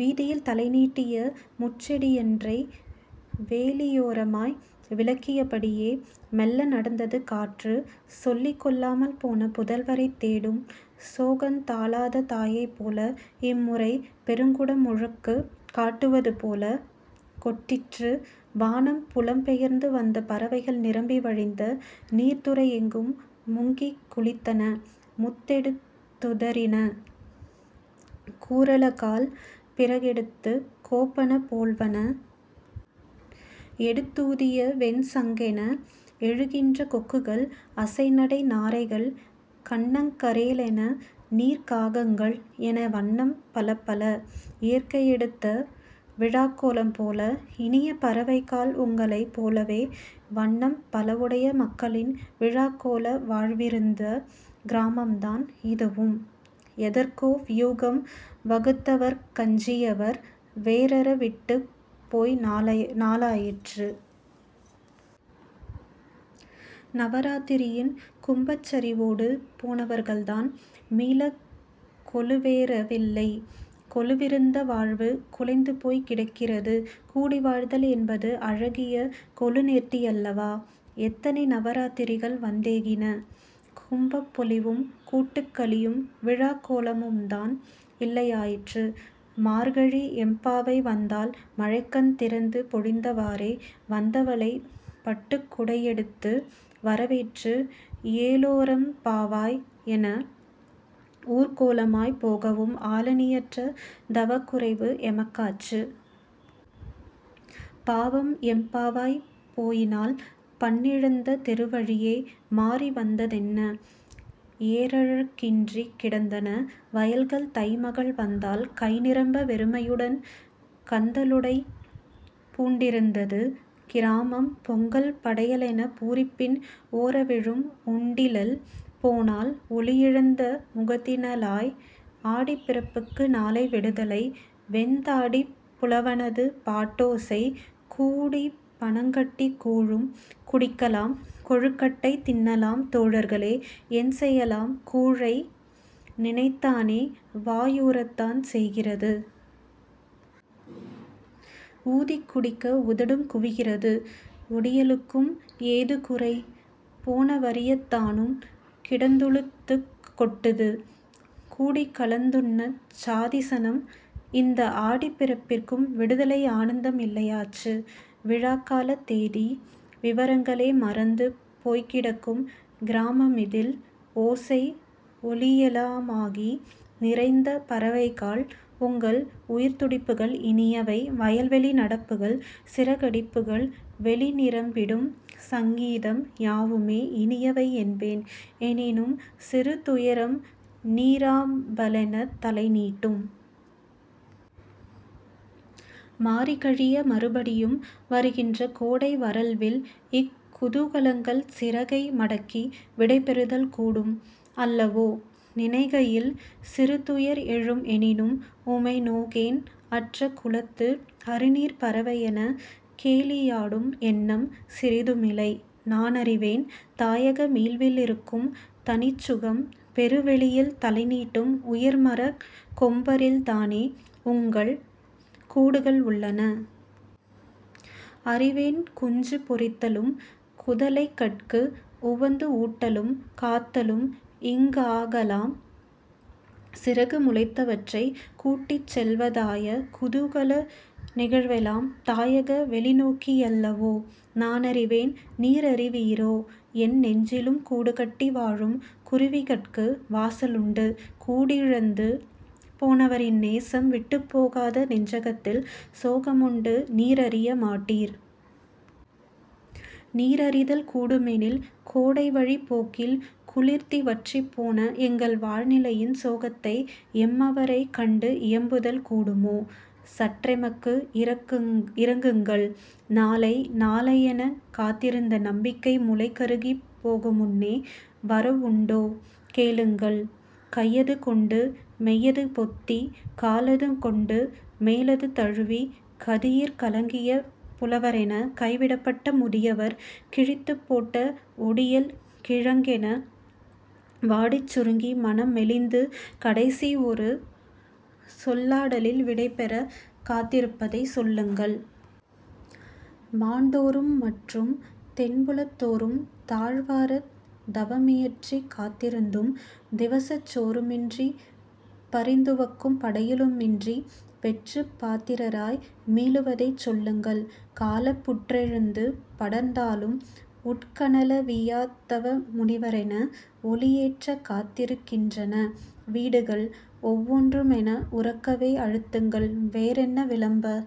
வீதியில் தலைநீட்டிய முட்செடியன்றை வேலியோரமாய் விலக்கியபடியே। மெல்ல நடந்தது காற்று சொல்லிக் கொள்ளாமல் போன புதல்வரைத் தேடும் சோகந் தாளாத தாயைப் போல. இம்முறை பெருங்குடமுழுக்குக் காட்டுவது போல கொட்டிற்று வானம் புலம் பெயர்ந்து வந்த பறவைகள் நிரம்பி வழிந்த நீர்த்துறையெங்கும் முங்கிக் குளித்தன; முத்தெடுத்துதறின கூரலகால் பிறகெடுத்துக் கோப்பன போல்வன. எடுத்தூதிய வெண்சங்கென எழுகின்ற கொக்குகள் அசை நடை நாரைகள், கன்னங்கரேலென நீர்க்காகங்கள் என வண்ணம் பலப்பல- இயற்கையெடுத்த விழாக் கோலம் போல. இனிய பறவைகாள் உங்களைப் போலவே வண்ணம் பலவுடைய மக்களின் விழாக் கோல வாழ்விருந்த கிராமம்தான் இதுவும். எதற்கோ வியூகம் வகுத்தவர்க்கஞ்சியவர் வேரற விட்டுப் போய் நாளாயிற்று. நவராத்திரியின் கும்பச்சரிவோடு போனவர்கள்தான் மீளக் கொலுவேறவில்லை கொலுவிருந்த வாழ்வு குலைந்து போய்க் கிடக்கிறது. கூடி வாழ்தல் என்பது அழகிய கொலுநேர்த்தியல்லவா? எத்தனை நவராத்திரிகள் வந்தேகின. கும்பப் பொலிவும், கூட்டுக்களியும், விழாக் கோலமும்தான் இல்லையாயிற்று. மார்கழி எம்பாவை வந்தாள் மழைக்கண் திறந்து பொழிந்தவாறே. வந்தவளை பட்டுக் குடையெடுத்து வரவேற்று "ஏலோரெம்பாவாய்"என ஊர்கோலமாய்ப் போகவும் ஆளணியற்ற தவக்குறைவு எமக்காச்சு. பாவம் எம் பாவை போயினாள் பண்ணிழந்த தெருவழியே. மாரி வந்ததென்ன? ஏரழகின்றிக் கிடந்தன வயல்கள் தை மகள் வந்தாள். கைநிரம்ப வெறுமையுடன் கந்தலுடை பூண்டிருந்தது கிராமம். பொங்கல், படையலென பூரிப்பின் ஓரவிழும் உண்டிலள் போனாள் ஒளியிழந்த முகத்தினளாய். "ஆடிப்பிறப்புக்கு நாளை விடுதலை" வெண்தாடிப் புலவனது பாட்டோசை "கூடிப் பனங்கட்டிக் கூழும் குடிக்கலாம் கொழுக்கட்டை தின்னலாம் தோழர்களே" என் செயலாம் கூழை நினைத்தானே வாயூறத்தான் செய்கிறது. ஊதிக் குடிக்க உதடும் குவிகிறது. ஒடியலுக்கும் ஏது குறை? போனவரியத்தானும் கிடந்துளுத்துக் கொட்டுது. கூடிக்கலந்துண்ணச் சாதிசனம்? இந்த ஆடிப் பிறப்பிற்கும் விடுதலை ஆனந்தம் இல்லையாச்சு. விழாக்காலத் தேதி விவரங்களே மறந்து போய்க் கிடக்கும் கிராமமிதில் ஓசை, ஒலியெலாமாகி நிறைந்த பறவைகாள் உங்கள் உயிர்த்துடிப்புகள் இனியவை. வயல்வெளி நடப்புகள், சிறகடிப்புகள், வெளிநிரம்பிடும் சங்கீதம், யாவுமே இனியவை என்பேன் எனினும் சிறு துயரம் நீராம்பலெனத் தலைநீட்டும். மாரிகழிய மறுபடியும் வருகின்ற கோடை வறள்வில் இக் குதூகலங்கள் சிறகை மடக்கி விடைபெறுதல் கூடும் அல்லவோ, நினைகையில் சிறுதுயர் எழும் எனினும் உமை நோகேன் அற்ற குளத்து அறுநீர்ப்பறவையென கேலியாடும் எண்ணம் சிறிதுமிலை. நானறிவேன் தாயக மீள்வில் இருக்கும் தனிச்சுகம். பெரு வெளியில் தலைநீட்டும் உயர்மரக் கொம்பரில்தானே உங்கள் கூடுகள் உள்ளன. அறிவேன் குஞ்சு பொரித்தலும், குதலைகட்கு உவந்து ஊட்டலும், காத்தலும், இங்காகலாம் சிறகு முளைத்தவற்றை கூட்டிச்செல்வதாய குதூகல நிகழ்வெலாம் தாயக வெளிநோக்கியல்லவோ நானறிவேன் நீரறிவீரோ என் நெஞ்சிலும் கூடு கட்டி வாழும் குருவிகட்கு வாசலுண்டு கூடிழந்து போனவரின் நேசம் விட்டுப் போகாத நெஞ்சகத்தில் சோகமுண்டு நீரறிய மாட்டீர். நீரறிதல் கூடுமெனில் கோடைவழிப் போக்கில் குளிர்த்தி வற்றிப்போன எங்கள் வாழ்நிலையின் சோகத்தை எம்மவரைக் கண்டு இயம்புதல் கூடுமோ? சற்றெமக்கு இரங்குங்கள் நாளை நாளையெனக் காத்திருந்த நம்பிக்கை முளைகருகிப் போகுமுன்னே வரவுண்டோ கேளுங்கள். "கையது கொண்டு மெய்யது பொத்தி காலது கொண்டு மேலது தழுவிக்" கதியிற் கலங்கிய புலவரென கைவிடப்பட்ட முதியவர் கிழித்துப் போட்ட ஒடியல் கிழங்கென வாடிச் சுருங்கி மனம் மெலிந்து கடைசி ஒரு சொல்லாடலில் விடைபெறக் காத்திருப்பதை சொல்லுங்கள். மாண்டோரும் மற்றும் தென்புலத்தோரும் தாழ்வாரத் தவமியற்றிக் காத்திருந்தும் திவசச் சோறுமின்றி, பரிந்துவக்கும் படையலுமின்றி வெற்றுப் பாத்திரராய் மீளுவதைச் சொல்லுங்கள் காலப்புற்றெழுந்து படர்ந்தாலும் உட்கனலவியாத் தவ முனிவரென ஒளியேற்றக் காத்திருக்கின்றன வீடுகள் ஒவ்வொன்றுமென உரக்கவே அழுத்துங்கள். வேறென்ன விளம்ப